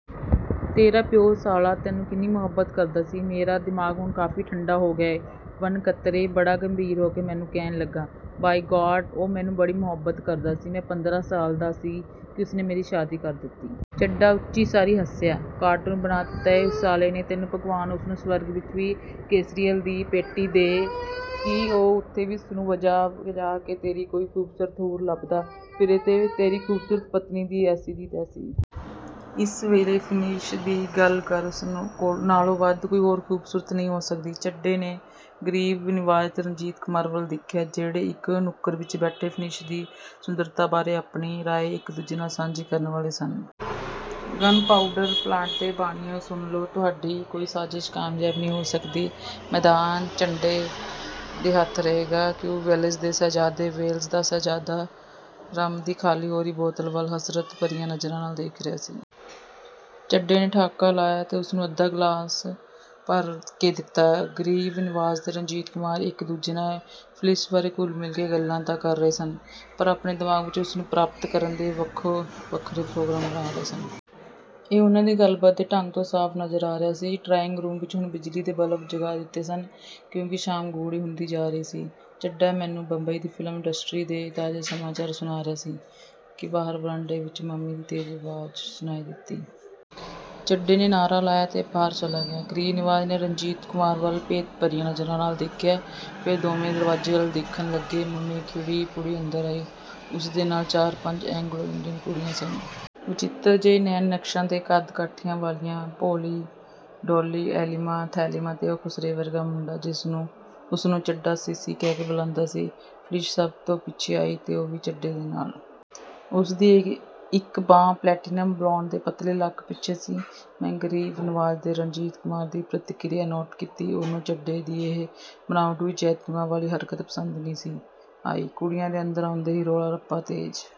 ਤੇਰਾ ਪਿਉ ਸਾਲਾ ਤੈਨੂੰ ਕਿੰਨੀ ਮੁਹੱਬਤ ਕਰਦਾ ਸੀ। ਮੇਰਾ ਦਿਮਾਗ ਹੁਣ ਕਾਫੀ ਠੰਡਾ ਹੋ ਗਿਆ ਏ। "ਵਣਕਤਰੇ ਬੜਾ ਗੰਭੀਰ ਹੋ ਕੇ ਮੈਨੂੰ ਕਹਿਣ ਲੱਗਾ, "ਬਾਈ ਗਾਡ, ਉਹ ਮੈਨੂੰ ਬੜੀ ਮੁਹੱਬਤ ਕਰਦਾ ਸੀ। ਮੈਂ ਪੰਦਰਾਂ ਸਾਲ ਦਾ ਸੀ ਕਿ ਉਸਨੇ ਮੇਰੀ ਸ਼ਾਦੀ ਕਰ ਦਿੱਤੀ। " ਚੱਡਾ ਉੱਚੀ ਸਾਰੀ ਹੱਸਿਆ, "ਕਾਰਟੂਨ ਬਣਾ ਦਿੱਤਾ ਏ ਉਸ ਸਾਲੇ ਨੇ ਤੈਨੂੰ ਭਗਵਾਨ ਉਸਨੂੰ ਸਵਰਗ ਵਿਚ ਵੀ ਕੇਸਰੀਅਲ ਦੀ ਪੇਟੀ ਦਏ ਕਿ ਉਹ ਉੱਥੇ ਵੀ ਉਸਨੂੰ ਵਜਾ-ਵਜਾ ਕੇ ਤੇਰੀ ਲਈ ਕੋਈ ਖ਼ੂਬਸੂਰਤ ਹੂਰ ਲੱਭਦਾ ਫਿਰੇ ਤੇ ਤੇਰੀ ਖੂਬਸੂਰਤ ਪਤਨੀ ਦੀ ਐਸੀ ਦੀ ਤੈਸੀ। ਇਸ ਵੇਲੇ ਫਿਲਿਸ ਦੀ ਗੱਲ ਕਰ ਉਸ ਨਾਲੋਂ ਵੱਧ ਕੋਈ ਹੋਰ ਖ਼ੂਬਸੂਰਤ ਨਹੀਂ ਹੋ ਸਕਦੀ। "ਚੱਡੇ ਨੇ ਗਰੀਬ ਨਿਵਾਜ਼ ਤੇ ਰਣਜੀਤ ਕੁਮਾਰ ਵੱਲ ਦੇਖਿਆ, ਜਿਹੜੇ ਇਕ ਨੁੱਕਰ ਵਿਚ ਬੈਠੇ ਫਿਲਿਸ ਦੀ ਸੁੰਦਰਤਾ ਬਾਰੇ ਆਪਣੀ ਰਾਏ ਇਕ ਦੂਜੇ ਨਾਲ ਸਾਂਝੀ ਕਰਨ ਵਾਲੇ ਸਨ। "ਗਨ ਪਾਊਡਰ ਪਲਾਂਟ ਦੇ ਬਾਣੀਓਂ ਸੁਣ ਲਓ, ਤੁਹਾਡੀ ਕੋਈ ਸਾਜਿਸ਼ ਕਾਮਯਾਬ ਨਹੀਂ ਹੋ ਸਕਦੀ। ਮੈਦਾਨ ਚੱਡੇ ਦੇ ਹੱਥ ਰਹੇਗਾ। ਕਿਉਂ ਵੇਲਜ਼ ਦੇ ਸ਼ਹਿਜ਼ਾਦੇ? " ਵੇਲਜ਼ ਦਾ ਸ਼ਹਿਜ਼ਾਦਾ ਰੰਮ ਦੀ ਖਾਲੀ ਹੋ ਰਹੀ ਬੋਤਲ ਵੱਲ ਹਸਰਤ ਭਰੀਆਂ ਨਜ਼ਰਾਂ ਨਾਲ ਦੇਖ ਰਿਹਾ ਸੀ। ਚੱਡੇ ਨੇ ਠਹਾਕਾ ਲਾਇਆ ਤੇ ਉਸਨੂੰ ਅੱਧਾ ਗ਼ਲਾਸ ਭਰ ਕੇ ਦੇ ਦਿੱਤਾ। ਗਰੀਬ ਨਿਵਾਜ਼ ਤੇ ਰਣਜੀਤ ਕੁਮਾਰ ਇਕ ਦੂਜੇ ਨਾਲ ਫਿਲਿਸ ਬਾਰੇ ਘੁਲ ਮਿਲ ਕੇ ਗੱਲਾਂ ਤਾਂ ਕਰ ਰਹੇ ਸਨ, ਪਰ ਆਪਣੇ ਦਿਮਾਗ ਵਿਚ ਉਸਨੂੰ ਪ੍ਰਾਪਤ ਕਰਨ ਦੇ ਵੱਖੋ-ਵੱਖ ਪ੍ਰੋਗਰਾਮ ਬਣਾ ਰਹੇ ਸਨ। ਇਹ ਉਹਨਾਂ ਦੀ ਗੱਲਬਾਤ ਦੇ ਢੰਗ ਤੋਂ ਸਾਫ ਨਜ਼ਰ ਆ ਰਿਹਾ ਸੀ। ਡਰਾਇੰਗ ਰੂਮ ਵਿਚ ਹੁਣ ਬਿਜਲੀ ਦੇ ਬਲਬ ਜਗਾ ਦਿੱਤੇ ਗਏ ਸਨ, ਕਿਉਂਕਿ ਸ਼ਾਮ ਗੂੜ੍ਹੀ ਹੁੰਦੀ ਜਾ ਰਹੀ ਸੀ। ਚੱਡਾ ਮੈਨੂੰ ਬੰਬਈ ਦੀ ਫ਼ਿਲਮ ਇੰਡਸਟਰੀ ਦੇ ਤਾਜ਼ੇ ਸਮਾਚਾਰ ਸੁਣਾ ਰਿਹਾ ਸੀ ਕਿ ਬਾਹਰ ਵਰਾਂਡੇ ਵਿਚ ਮੰਮੀ ਦੀ ਤੇਜ਼ ਆਵਾਜ਼ ਸੁਣਾਈ ਦਿੱਤੀ। ਚੱਡੇ ਨੇ ਨਾਅਰਾ ਲਾਇਆ ਤੇ ਬਾਹਰ ਚਲਾ ਗਿਆ। ਗਰੀਬ ਨਿਵਾਜ਼ ਨੇ ਰਣਜੀਤ ਕੁਮਾਰ ਵੱਲ ਭੇਤ-ਭਰੀਆਂ ਨਜ਼ਰਾਂ ਨਾਲ ਦੇਖਿਆ। ਫੇਰ ਦੋਵੇਂ ਦਰਵਾਜ਼ੇ ਵੱਲ ਦੇਖਣ ਲੱਗੇ। ਮੰਮੀ ਖਿੜੀ-ਪੁੜੀ ਅੰਦਰ ਆਈ। ਉਸ ਦੇ ਨਾਲ ਚਾਰ ਪੰਜ ਐਂਗਲੋ ਇੰਡੀਅਨ ਕੁੜੀਆਂ ਸਨ। ਵਚਿੱਤਰ ਜਿਹੇ ਨੈਣ-ਨਕਸ਼ਾਂ ਤੇ ਕੱਦ-ਕਾਠੀ ਵਾਲੀਆਂ। ਪੋਲੀ, ਡੋਲੀ, ਐਲੀਮਾ, ਥੈਲੀਮਾ ਤੇ ਉਹ ਖੁਸਰੇ ਵਰਗਾ ਮੁੰਡਾ। ਉਸਨੂੰ ਚੱਡਾ ਸਿਸੀ ਕਹਿ ਕੇ ਬੁਲਾਉਂਦਾ ਸੀ। ਫਿਲਿਸ ਸਭ ਤੋਂ ਪਿੱਛੋਂ ਆਈ ਤੇ ਉਹ ਵੀ ਚੱਡੇ ਦੇ ਨਾਲ। ਉਸਦੀ ਇਕ ਬਾਂਹ ਪਲੇਟੀਨਮ-ਬਲੌਂਡ ਦੇ ਪਤਲੇ ਲੱਕ ਪਿੱਛੇ ਸੀ। ਮੈਂ ਗਰੀਬ ਨਿਵਾਜ਼ ਤੇ ਰਣਜੀਤ ਕੁਮਾਰ ਦੀ ਪ੍ਰਤੀਕ੍ਰਿਆ ਨੋਟ ਕੀਤੀ। ਉਹਨਾਂ ਨੂੰ ਚੱਡੇ ਦੀ ਇਹ ਬਨਾਉਟੀ ਜੈਤੂਆਂ ਵਾਲੀ ਹਰਕਤ ਪਸੰਦ ਨਹੀਂ ਸੀ ਆਈ। ਕੁੜੀਆਂ ਦੇ ਅੰਦਰ ਆਉਂਦਿਆਂ ਹੀ ਰੌਲਾ-ਰੱਪਾ ਤੇਜ਼